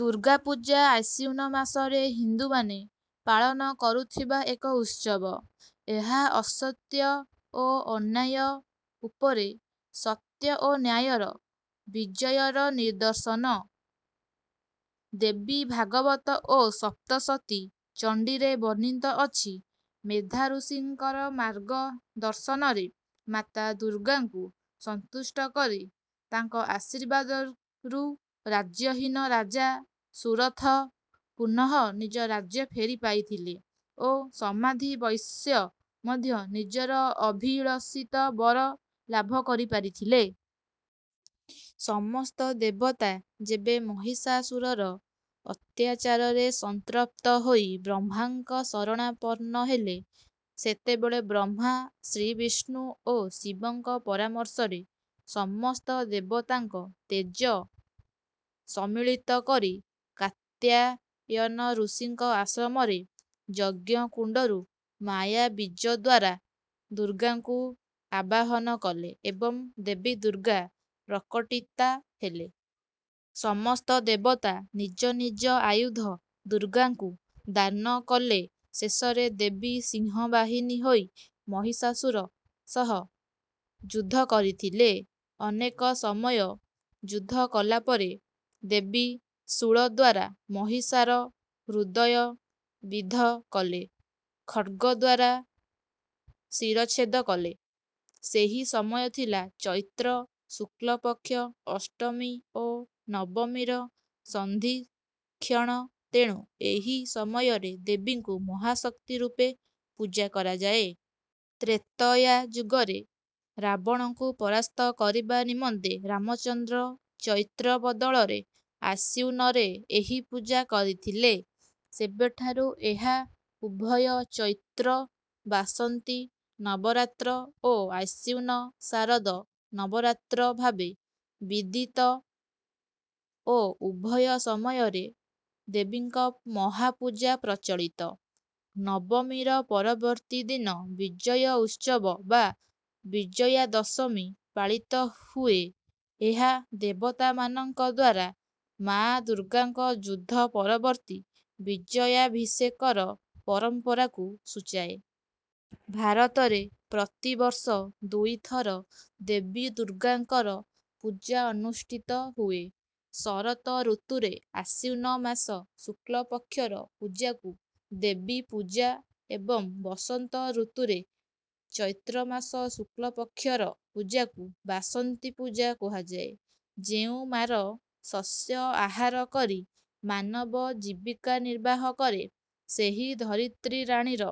ଦୁର୍ଗା ପୂଜା ଆଶ୍ୱିନ ମାସରେ ହିନ୍ଦୁମାନେ ପାଳନ କରୁଥିବା ଏକ ଉତ୍ସବ। ଏହା ଅସତ୍ୟ ଓ ଅନ୍ୟାୟ ଉପରେ ସତ୍ୟ ଓ ନ୍ୟାୟର ବିଜୟର ନିଦର୍ଶନ। ଦେବୀ ଭାଗବତ ଓ ସପ୍ତଶତୀ ଚଣ୍ଡୀରେ ବର୍ଣ୍ଣିତ ଅଛି ମେଧାଋଷିଙ୍କର ମାର୍ଗ ଦର୍ଶନରେ ମାତା ଦୁର୍ଗାଙ୍କୁ ସନ୍ତୁଷ୍ଟ କରି ତାଙ୍କ ଆଶୀର୍ବାଦରୁ ରାଜ୍ୟହୀନ ରାଜା ସୁରଥ ପୁନଃ ନିଜ ରାଜ୍ୟ ଫେରି ପାଇଥିଲେ ଓ ସମାଧି ବୈଶ୍ୟ ମଧ୍ୟ ନିଜର ଅଭିଳଷିତ ବର ଲାଭ କରି ପାରିଥିଲେ। ସମସ୍ତ ଦେବତା ଯେବେ ମହିଷାସୁରର ଅତ୍ୟାଚାରରେ ସନ୍ତ୍ରପ୍ତ ହୋଇ ବ୍ରହ୍ମାଙ୍କ ଶରଣାପନ୍ନହେଲେ ସେତେବେଳେ ବ୍ରହ୍ମା ଶ୍ରୀବିଷ୍ଣୁ ଓ ଶିବଙ୍କ ପରାମର୍ଶରେ ସମସ୍ତ ଦେବତାଙ୍କ ତେଜ ସମ୍ମିଳିତ କରି କାତ୍ୟାୟନ ଋଷିଙ୍କ ଆଶ୍ରମରେ ଯଜ୍ଞକୁଣ୍ଡରୁ ମାୟା ବୀଜଦ୍ୱାରା ଦୁର୍ଗାଙ୍କୁ ଆବାହନ କଲେ ଏବଂ ଦେବୀ ଦୁର୍ଗା ପ୍ରକଟୀତା ହେଲେ। ସମସ୍ତ ଦେବତା ନିଜ ନିଜ ଆୟୁଧ ଦୁର୍ଗାଙ୍କୁ ଦାନ କଲେଶେଷରେ ଦେବୀ ସିଂହ ବାହିନୀ ହୋଇ ମହିଷାସୁର ସହ ଯୁଦ୍ଧ କରିଥିଲେ। ଅନେକ ସମୟ ଯୁଦ୍ଧ କଲାପରେ ଦେବୀ ଶୂଳଦ୍ୱାରା ମହିଷାର ହୃଦୟ ବିଦ୍ଧ କଲେ ଖଡ୍ଗଦ୍ୱାରା ଶିରଚ୍ଛେଦ କଲେ। ସେହି ସମୟ ଥିଲା ଚୈତ୍ର ଶୁକ୍ଳ ପକ୍ଷ ଅଷ୍ଟମୀ ଓ ନବମୀର ସନ୍ଧିକ୍ଷଣ ତେଣୁ ଏହିସମୟରେ ଦେବୀଙ୍କୁ ମହାଶକ୍ତି ରୂପେ ପୂଜା କରାଯାଏ। ତ୍ରେତୟା ଯୁଗରେ ରାବଣକୁ ପରାସ୍ତ କରିବା ନିମନ୍ତେ ରାମଚନ୍ଦ୍ର ଚୈତ୍ର ବଦଳରେ ଆଶ୍ୱିନରେ ଏହି ପୂଜା କରିଥିଲେ ସେବେଠାରୁ ଏହା ଉଭୟ ଚୈତ୍ର ବାସନ୍ତୀ ନବରାତ୍ର ଓ ଆଶ୍ୱିନ ଶାରଦ ନବରାତ୍ର ଭାବେ ବିଦିତ ଓ ଉଭୟ ସମୟରେ ଦେବୀଙ୍କ ମହାପୂଜା ପ୍ରଚଳିତ। ନବମୀର ପରବର୍ତ୍ତୀ ଦିନ ବିଜୟଉତ୍ସବ ବା ବିଜୟାଦଶମୀ ପାଳିତ ହୁଏଏହା ଦେବତାମାନଙ୍କଦ୍ୱାରା ମା ଦୁର୍ଗାଙ୍କ ଯୁଦ୍ଧ ପରବର୍ତ୍ତୀ ବିଜୟାଭିଷେକର ପରମ୍ପରାକୁ ସୂଚାଏ। ଭାରତରେ ପ୍ରତିବର୍ଷ ଦୁଇଥର ଦେବୀ ଦୁର୍ଗାଙ୍କର ପୂଜା ଅନୁଷ୍ଠିତ ହୁଏ। ଶରତ ଋତୁରେ ଆଶ୍ୱିନ ମାସ ଶୁକ୍ଳ ପକ୍ଷର ପୂଜାକୁ ଦେବୀ ପୂଜା ଏବଂ ବସନ୍ତ ଋତୁରେ ଚୈତ୍ରମାସ ଶୁକ୍ଳ ପକ୍ଷର ପୂଜାକୁ ବାସନ୍ତୀ ପୂଜା କୁହାଯାଏ। ଯେଉଁ ମାର ଶସ୍ୟ ଆହାର କରି ମାନବ ଜୀବିକା ନିର୍ବାହ କରେ ସେହି ଧରିତ୍ରୀ ରାଣୀର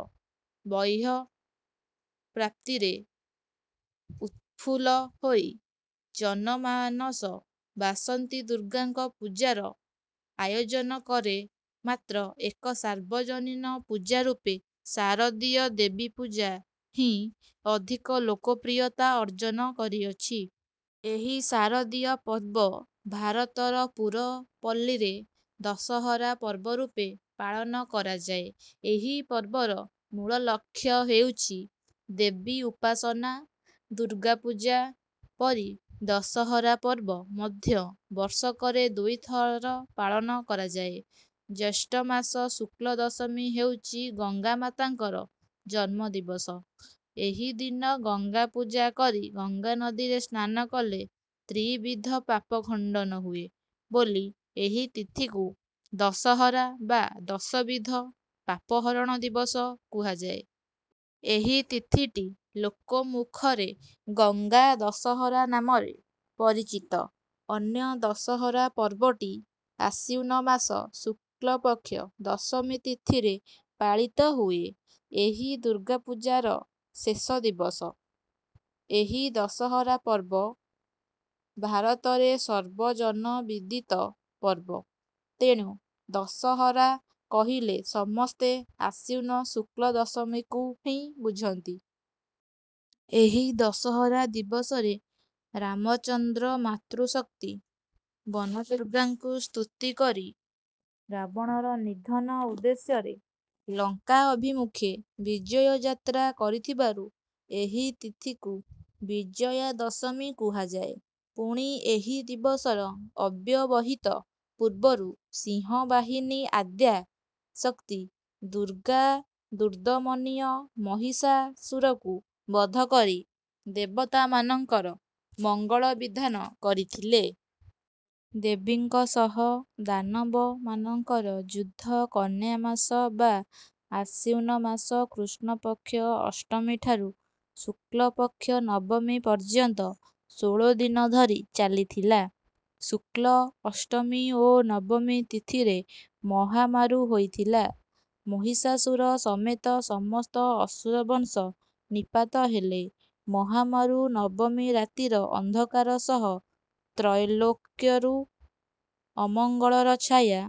ବୟଃପ୍ରାପ୍ତିରେ ଉତ୍ଫୁଲ୍ଲ ହୋଇ ଜନମାନସ ବାସନ୍ତୀ ଦୁର୍ଗାଙ୍କ ପୂଜାର ଆୟୋଜନ କରେ ମାତ୍ର ଏକ ସାର୍ବଜନୀନ ପୂଜା ରୂପେ ଶାରଦୀୟ ଦେବୀପୂଜା ହିଁ ଅଧିକ ଲୋକପ୍ରିୟତା ଅର୍ଜନ କରିଅଛି। ଏହି ଶାରଦୀୟ ପର୍ବ ଭାରତର ପୁରପଲ୍ଲୀରେ ଦଶହରା ପର୍ବରୂପେ ପାଳନ କରାଯାଏ। ଏହି ପର୍ବର ମୂଳ ଲକ୍ଷ୍ୟ ହେଉଛି ଦେବୀ ଉପାସନା। ଦୁର୍ଗାପୂଜା ପରି ଦଶହରା ପର୍ବ ମଧ୍ୟ ବର୍ଷକରେ ଦୁଇଥର ପାଳନ କରାଯାଏ। ଜ୍ୟେଷ୍ଠମାସ ଶୁକ୍ଳଦଶମୀ ହେଉଛି ଗଙ୍ଗାମାତାଙ୍କର ଜନ୍ମଦିବସ ଏହିଦିନ ଗଙ୍ଗାପୂଜା କରି ଗଙ୍ଗାନଦୀରେ ସ୍ନାନ କଲେ ତ୍ରିବିଧ ପାପ ଖଣ୍ଡନ ହୁଏ ବୋଲି ଏହି ତିଥିକୁ ଦଶହରା ବା ଦଶବିଧ ପାପହରଣ ଦିବସ କୁହାଯାଏ। ଏହି ତିଥିଟି ଲୋକମୁଖରେ ଗଙ୍ଗା ଦଶହରା ନାମରେ ପରିଚିତ ଅନ୍ୟ ଦଶହରା ପର୍ବଟି ଆଶ୍ୱିନ ମାସ ଶୁକ୍ଳପକ୍ଷ ଦଶମୀ ତିଥିରେ ପାଳିତ ହୁଏ ଏହି ଦୁର୍ଗାପୂଜାର ଶେଷ ଦିବସ। ଏହି ଦଶହରା ପର୍ବ ଭାରତରେ ସର୍ବଜନବିଦିତ ପର୍ବ। ତେଣୁ ଦଶହରା କହିଲେ ସମସ୍ତେ ଆଶ୍ୱିନ ଶୁକ୍ଳ ଦଶମୀକୁ ହିଁ ବୁଝନ୍ତି। ଏହି ଦଶହରା ଦିବସରେ ରାମଚନ୍ଦ୍ର ମାତୃଶକ୍ତି ବନଦୁର୍ଗାଙ୍କୁ ସ୍ତୁତି କରି ରାବଣର ନିଧନ ଉଦ୍ଦେଶ୍ୟରେ ଲଙ୍କା ଅଭିମୁଖେ ବିଜୟଯାତ୍ରା କରିଥିବାରୁ ଏହି ତିଥିକୁ ବିଜୟା ଦଶମୀ କୁହାଯାଏ। ପୁଣି ଏହି ଦିବସର ଅବ୍ୟବହିତ ପୂର୍ବରୁ ସିଂହବାହିନୀ ଆଦ୍ୟା ଶକ୍ତି ଦୁର୍ଗା ଦୁର୍ଦ୍ଦମନୀୟ ମହିଷାସୁରକୁ ବଧ କରି ଦେବତାମାନଙ୍କର ମଙ୍ଗଳ ବିଧାନ କରିଥିଲେ। ଦେବୀଙ୍କ ସହ ଦାନବମାନଙ୍କର ଯୁଦ୍ଧ କନ୍ୟାମାସ ବା ଆଶ୍ୱିନ ମାସ କୃଷ୍ଣପକ୍ଷ ଅଷ୍ଟମୀଠାରୁ ଶୁକ୍ଳପକ୍ଷ ନବମୀ ପର୍ଯ୍ୟନ୍ତ ଷୋଳଦିନ ଧରି ଚାଲିଥିଲା। ଶୁକ୍ଳ ଅଷ୍ଟମୀ ଓ ନବମୀ ତିଥିରେ ମହାମାରୁ ହୋଇଥିଲା। ମହିଷାସୁର ସମେତ ସମସ୍ତ ଅସୁର ବଂଶ ନିପାତ ହେଲେ। ମହାମାରୁ ନବମୀ ରାତିର ଅନ୍ଧକାର ସହ ତ୍ରୈଲୋକ୍ୟରୁ ଅମଙ୍ଗଳର ଛାୟା